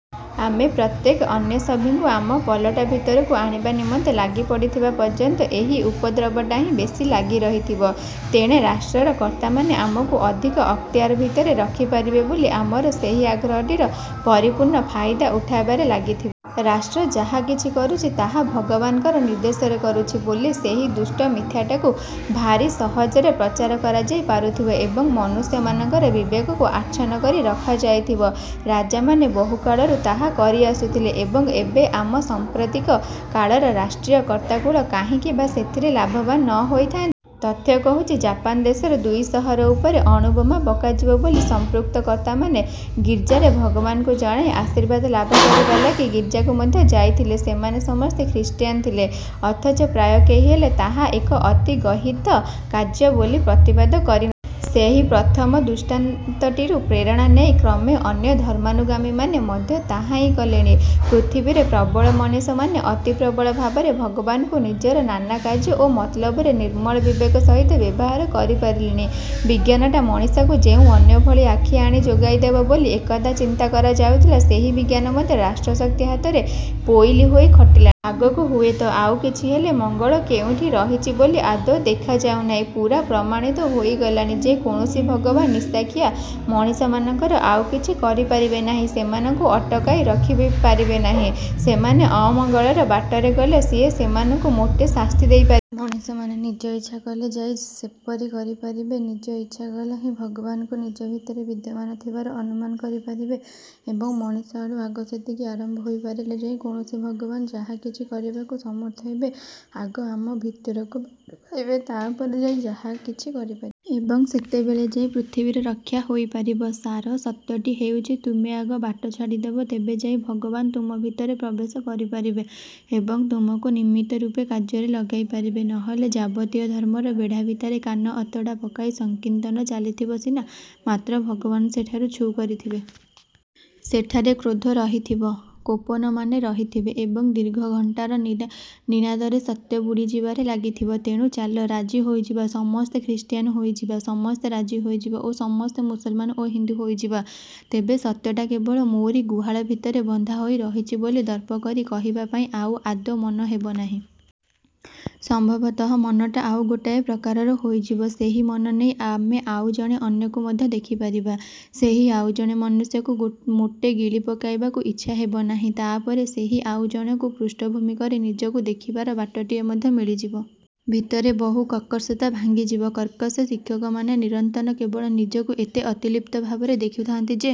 ଆମେ ପ୍ରତ୍ୟେକେ ଅନ୍ୟ ସଭିଙ୍କୁ ଆମ ପଲଟା ଭିତରକୁ ଆଣିବା ନିମନ୍ତେ ଲାଗି ପଡ଼ିଥିବା ପର୍ଯ୍ୟନ୍ତ ଏହି ଉପଦ୍ରବଟା ହିଁ ବେଶୀ ଲାଗି ରହିଥିବ। ତେଣେ ରାଷ୍ଟ୍ରର କର୍ତ୍ତାମାନେ ଆମକୁ ଅଧିକ ଅକ୍ତିଆର ଭିତରେ ରଖିପାରିବେ ବୋଲି ଆମର ସେହି ଆଗ୍ରହଟିର ପରିପୂର୍ଣ୍ଣ ଫାଇଦା ଉଠାଇବାରେ ଲାଗିଥିବେ। ରାଷ୍ଟ୍ର. ଯାହାକିଛି କରୁଛି ତାହା ଭଗବାନଙ୍କର ନିର୍ଦ୍ଦେଶରେ କରୁଛି ବୋଲି ସେହି ଦୁଷ୍ଟ ମିଥ୍ୟଟାକୁ ଭାରି ସହଜରେ ପ୍ରଚାର କରାଯାଇ ପାରୁଥିବ ଏବଂ ମନୁଷ୍ୟମାନଙ୍କର ବିବେକକୁ ଆଛନ୍ନ କରି ରଖାଯାଇଥିବ। ରଜାମାନେ ବହୁକାଳରୁ ତାହା କରି ଆସୁଥିଲେ ଏବଂ ଏବେ ଆମ ସାମ୍ପ୍ରତିକ କାଳର ରାଷ୍ଟ୍ରୀୟ କର୍ତ୍ତାକୁଳ କାହିଁକି ବା ସେଥିରୁ ଲାଭବାନ ନ ହୋଇଥାନ୍ତେ? ତଥ୍ୟ କହୁଛି ଜାପାନ ଦେଶର ଦୁଇ ସହର ଉପରେ ଅଣୁବୋମା ପକାଯିବ ବୋଲି ସମ୍ପୃକ୍ତ କର୍ତ୍ତାମାନେ ଗୀର୍ଜାରେ ଭଗବାନଙ୍କୁ ଜଣାଇ ଆଶୀର୍ବାଦ ଲାଭ କରିବା ଲାଗି ଗୀର୍ଜାକୁ ମଧ୍ୟ ଯାଇଥିଲେ। ସେମାନେ ସମସ୍ତେ ଖ୍ରୀଷ୍ଟିଆନ ଥିଲେ ଅଥଚ ପ୍ରାୟ କେହି ହେଲେ ତାହା ଏକ ଅତି ଗର୍ହିତ କାର୍ଯ୍ୟ ବୋଲି ପ୍ରତିବାଦ କରିନଥିଲେ। ସେହି ପ୍ରଥମ ଦୃଷ୍ଟାନ୍ତଟିରୁ ପ୍ରେରଣା ନେଇ କ୍ରମେ ଅନ୍ୟ ଧର୍ମାନୁଗାମୀମାନେ ମଧ୍ୟ ତାହା ହିଁ କଲେଣି। ପୃଥିବୀର ପ୍ରବଳ ମଣିଷମାନେ ଅତି ପ୍ରବଳ ଭାବରେ ଭଗବାନଙ୍କୁ ନିଜର ନାନା କାର୍ଯ୍ୟ ଓ ମତଲବରେ ନିର୍ମଳ ବିବେକ ସହିତ ବ୍ୟବହାର କରିପାରିଲେଣି। ବିଜ୍ଞାନଟା ମଣିଷକୁ ଯେଉଁ ଅନ୍ୟଭଳି ଆଖି ଆଣି ଯୋଗାଇଦେବ ବୋଲି ଏକଦା ଚିନ୍ତା କରାଯାଉଥିଲା, ସେହି ବିଜ୍ଞାନ ମଧ୍ୟ ରାଷ୍ଟ୍ରଶକ୍ତି ହାତରେ ପୋଇଲୀ ହୋଇ ଖଟିଲାଣି। ଆଗକୁ ହୁଏତ ଆଉ କିଛିହେଲେ ମଙ୍ଗଳ କେଉଁଠି ରହିଛି ବୋଲି ଆଦୌ ଦେଖାଯାଉ ନାହିଁ। ପୂରା ପ୍ରମାଣିତ ହୋଇଗଲାଣି ଯେ କୌଣସି ଭଗବାନ ନିଶାଖିଆ ମଣିଷମାନଙ୍କର ଆଉ କିଛି କରିପାରିବେ ନାହିଁ । ସେମାନଙ୍କୁ ଅଟକାଇ ରଖି ବି ପାରିବେ ନାହିଁ। ସେମାନେ ଅମଙ୍ଗଳର ବାଟରେ ଗଲେ ସିଏ ସେମାନଙ୍କୁ ମୋଟେ ଶାସ୍ତି ଦେଇପାରିବେ ନାହିଁ। ମଣିଷମାନେ ନିଜେ ଇଚ୍ଛା କଲେ ଯାଇ ସେପରି କରିପାରିବେ। ନିଜେ ଇଚ୍ଛା କଲେ ହିଁ ଭଗବାନଙ୍କୁ ନିଜ ଭିତରେ ବିଦ୍ୟମାନ ଥିବାର ଅନୁମାନ କରିପାରିବେ ଏବଂ ମଣିଷ ଆଡୁ ଆଗ ସେତିକି ଆରମ୍ଭ ହୋଇପାରିଲେ ଯାଇ କୌଣସି ଭଗବାନ ଯାହାକିଛି କରିବାକୁ ସମର୍ଥ ହେବେ। ଆଗ ଆମ ଭିତରକୁ ବାଟ ପାଇବେ, ତାପରେ ଯାଇ ଯାହାକିଛି କରିପାରିବେ। ଏବଂ ସେତେବେଳେ ଯାଇ ପୃଥିବୀର ରକ୍ଷା ହୋଇପାରିବ। ସାର ସତ୍ୟଟି ହେଉଛି ତୁମେ ଆଗ ବାଟ ଛାଡ଼ିଦେବ ତେବେ ଯାଇ ଭଗବାନ ତୁମ ଭିତରେ ପ୍ରବେଶ କରିପାରିବେ ଏବଂ ତୁମକୁ ନିମିତ୍ତ ରୂପେ କାର୍ଯ୍ୟରେ ଲଗାଇ ପାରିବେ। ନହେଲେ ଯାବତୀୟ ଧର୍ମର ବେଢ଼ା ଭିତରେ କାନ ଅତଡ଼ା ପକାଇ ସଂକୀର୍ତ୍ତନ ଚାଲିଥିବ ସିନା ମାତ୍ର ଭଗବାନ ସେଠାରୁ ଛୁ କରିଥିବେ। ସେଠାରେ କ୍ରୋଧ ରହିଥିବ, କୋପନମାନେ ରହିଥିବେ ଏବଂ ଦୀର୍ଘ ଘଣ୍ଟାର ନିନାଦରେ ସତ୍ୟ ବୁଡ଼ିଯିବାରେ ଲାଗିଥିବ। ତେଣୁ ଚାଲ ରାଜି ହୋଇଯିବା, ସମସ୍ତେ ଖ୍ରୀଷ୍ଟିଆନ ହୋଇଯିବା। ସମସ୍ତେ ରାଜି ହୋଇଯିବା ଓ ମୁସଲମାନ ବା ହିନ୍ଦୁ ହୋଇଯିବା। ତେବେ ସତ୍ୟଟା କେବଳ ମୋରି ଗୁହାଳ ଭିତରେ ବନ୍ଧା ହୋଇ ରହିଛି ବୋଲି ଦର୍ପ କରି କହିବା ପାଇଁ ଆଉ ଆଦୌ ମନ ହେବନାହିଁ। ସମ୍ଭବତଃ ମନଟା ଆଉ ଗୋଟାଏ ପ୍ରକାରର ହୋଇଯିବ। ସେହି ମନ ନେଇ ଆମେ ଆଉ ଜଣେ ଅନ୍ୟକୁ ମଧ୍ୟ ଦେଖିପାରିବା। ସେହି ଆଉଜଣେ ମନୁଷ୍ୟକୁ ମୋଟେ ଗିଳି ପକାଇବାକୁ ଇଚ୍ଛା ହେବନାହିଁ। ତାପରେ ସେହି ଆଉଜଣକୁ ପୃଷ୍ଠଭୂମି କରି ନିଜକୁ ଦେଖିବାର ବାଟଟିଏ ମଧ୍ୟ ମିଳିଯିବ। ଭିତରେ ବହୁ କର୍କଶତା ଭାଙ୍ଗିଯିବ। କର୍କଶ ଶିକ୍ଷକମାନେ ନିରନ୍ତର କେବଳ ନିଜକୁ ଏତେ ଅତିଲିପ୍ତ ଭାବରେ ଦେଖୁଥାନ୍ତି ଯେ